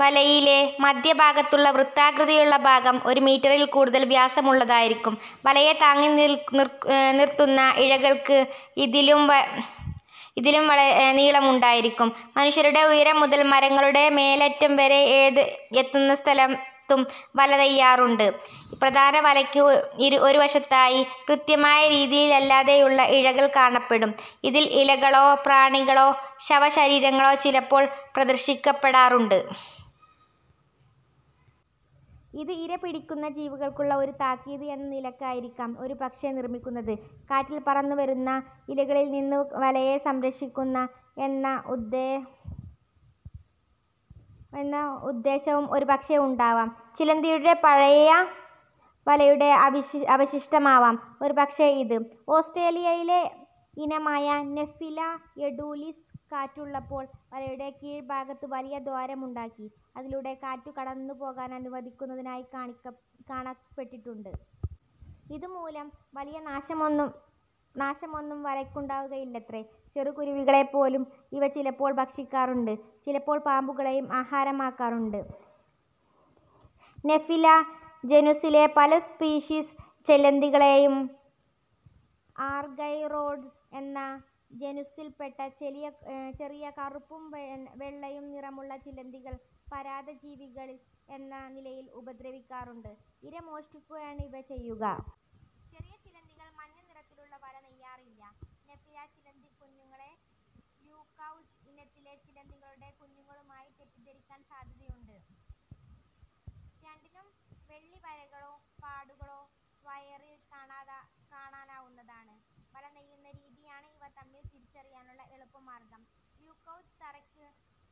വലയിലെ മദ്ധ്യഭാഗത്തുള്ള വൃത്താകൃതിയിലുള്ള ഭാഗം ഒരു മീറ്ററിൽ കൂടുതൽ വ്യാസമുള്ളതായിരിക്കും. വലയെ താങ്ങി നിർത്തുന്ന ഇഴകൾക്ക് ഇതിലും വളരെക്കൂടുതൽ നീളമുണ്ടായിരിക്കും. മനുഷ്യരുടെ ഉയരം മുതൽ മരങ്ങളുടെ മേലറ്റം വരെ ഏതുസ്ഥലത്തും വല നെയ്യപ്പെടാറുണ്ട്. പ്രധാന വലയ്ക്ക് ഒരു വശത്തായി കൃത്യമായ രീതിയിലല്ലാതെയുള്ള ഇഴകൾ കാണപ്പെടും. ഇതിൽ ഇലകളോ പ്രാണികളുടെ ശവശരീരങ്ങളോ ചിലപ്പോൾ പ്രദർശിപ്പിക്കപ്പെടാറുണ്ട്. ഇത് ഇരപിടിക്കുന്ന ജീവികൾക്കുള്ള ഒരു താക്കീത് എന്ന നിലയ്ക്കായിരിക്കാം ഒരുപക്ഷേ നിർമ്മിക്കുന്നത്. കാറ്റിൽ പറന്നുവരുന്ന ഇലകളിൽ നിന്ന് വലയെ സംരക്ഷിക്കുക എന്ന ഉദ്ദേശവും ഒരുപക്ഷേ ഉണ്ടാവാം. ചിലന്തിയുടെ പഴയ വലയുടെ അവശിഷ്ടമാവാം ഒരുപക്ഷേ ഇത്. ഓസ്ട്രേലിയയിലെ ഇനമായ നെഫില എഡൂലിസ് കാറ്റുള്ളപ്പോൾ വലയുടെ കീഴ് ഭാഗത്ത് വലിയ ദ്വാരമുണ്ടാക്കി അതിലൂടെ കാറ്റു കടന്നുപോകാനനുവദിക്കുന്നതായി കാണപ്പെട്ടിട്ടുണ്ട്. ഇതുമൂലം വലിയ നാശമൊന്നും വലയ്ക്കുണ്ടാവുകയില്ലത്രേ. ചെറു കുരുവികളെപ്പോലും ഇവ ചിലപ്പോൾ ഭക്ഷിക്കാറുണ്ട്. ചിലപ്പോൾ പാമ്പുകളെയും ആഹാരമാക്കാറുണ്ട്. നെഫില ജനുസിലെ പല സ്പീഷീസ് ചിലന്തികളെയും ആർഗൈറോഡ്സ് എന്ന ജനുസ്സിൽ പെട്ട ചെറിയ കറുപ്പും വെള്ളിയും നിറമുള്ള ചിലന്തികൾ പരാദജീവികൾ എന്ന നിലയിൽ ഉപദ്രവിക്കാറുണ്ട്. ഇര മോഷ്ടിക്കുകയാണ് ഇവ ചെയ്യുക. ചെറിയ ചിലന്തികൾ മഞ്ഞ നിറത്തിലുള്ള വല നെയ്യാറില്ല. നെഫില ചിലന്തിക്കുഞ്ഞുങ്ങളെ ല്യൂകൗജ് ഇനത്തിലെ ചിലന്തികളുടെ കുഞ്ഞുങ്ങളായി തെറ്റിദ്ധരിക്കാൻ സാദ്ധ്യതയുണ്ട്. രണ്ടിനും വെള്ളി വരകളോ പാടുകളോ വയറിൽ കാണാനാവുന്നതാണ്. വല നെയ്യുന്ന രീതിയാണ് ഇവ തമ്മിൽ തിരിച്ചറിയാനുള്ള എളുപ്പ മാർഗ്ഗം. ല്യൂകൗജ് തറയ്ക്ക്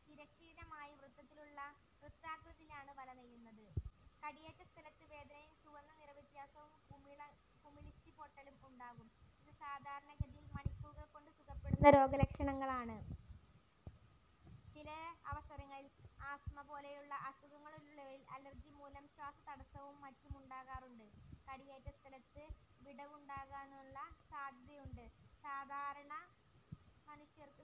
തിരശ്ചീനമായി വൃത്തിയുള്ള വൃത്താകൃതിയിലാണ് വല നെയ്യുന്നത്. കടിയേറ്റ സ്ഥലത്ത് വേദനയും ചുവന്ന നിറവ്യത്യാസവും കുമിളിച്ച് പൊട്ടലും ഉണ്ടാകും. ഇത് സാധാരണഗതിയിൽ മണിക്കൂറുകൾ കൊണ്ട് സുഖപ്പെടുന്ന രോഗലക്ഷണങ്ങളാണ്. ചില അവസരങ്ങളിൽ ആസ്തമ പോലെയുള്ള അസുഖങ്ങളുള്ളവരിൽ അലർജി മൂലം ശ്വാസതടസ്സവും മറ്റുമുണ്ടാകാറുണ്ട്. കടിയേറ്റസ്ഥലത്ത് വടുവുണ്ടാകാനുള്ള സാദ്ധ്യതയുമുണ്ട്.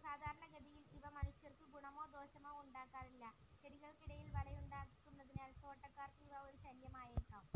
സാധാരണഗതിയിൽ ഇവ മനുഷ്യർക്ക് ഗുണമോ ദോഷമോ ഉണ്ടാക്കാറില്ല. ചെടികൾക്കിടയിൽ വലയുണ്ടാക്കുന്നതിനാൽ തോട്ടക്കാർക്ക് ഇവ ഒരു ശല്യമായേക്കാം.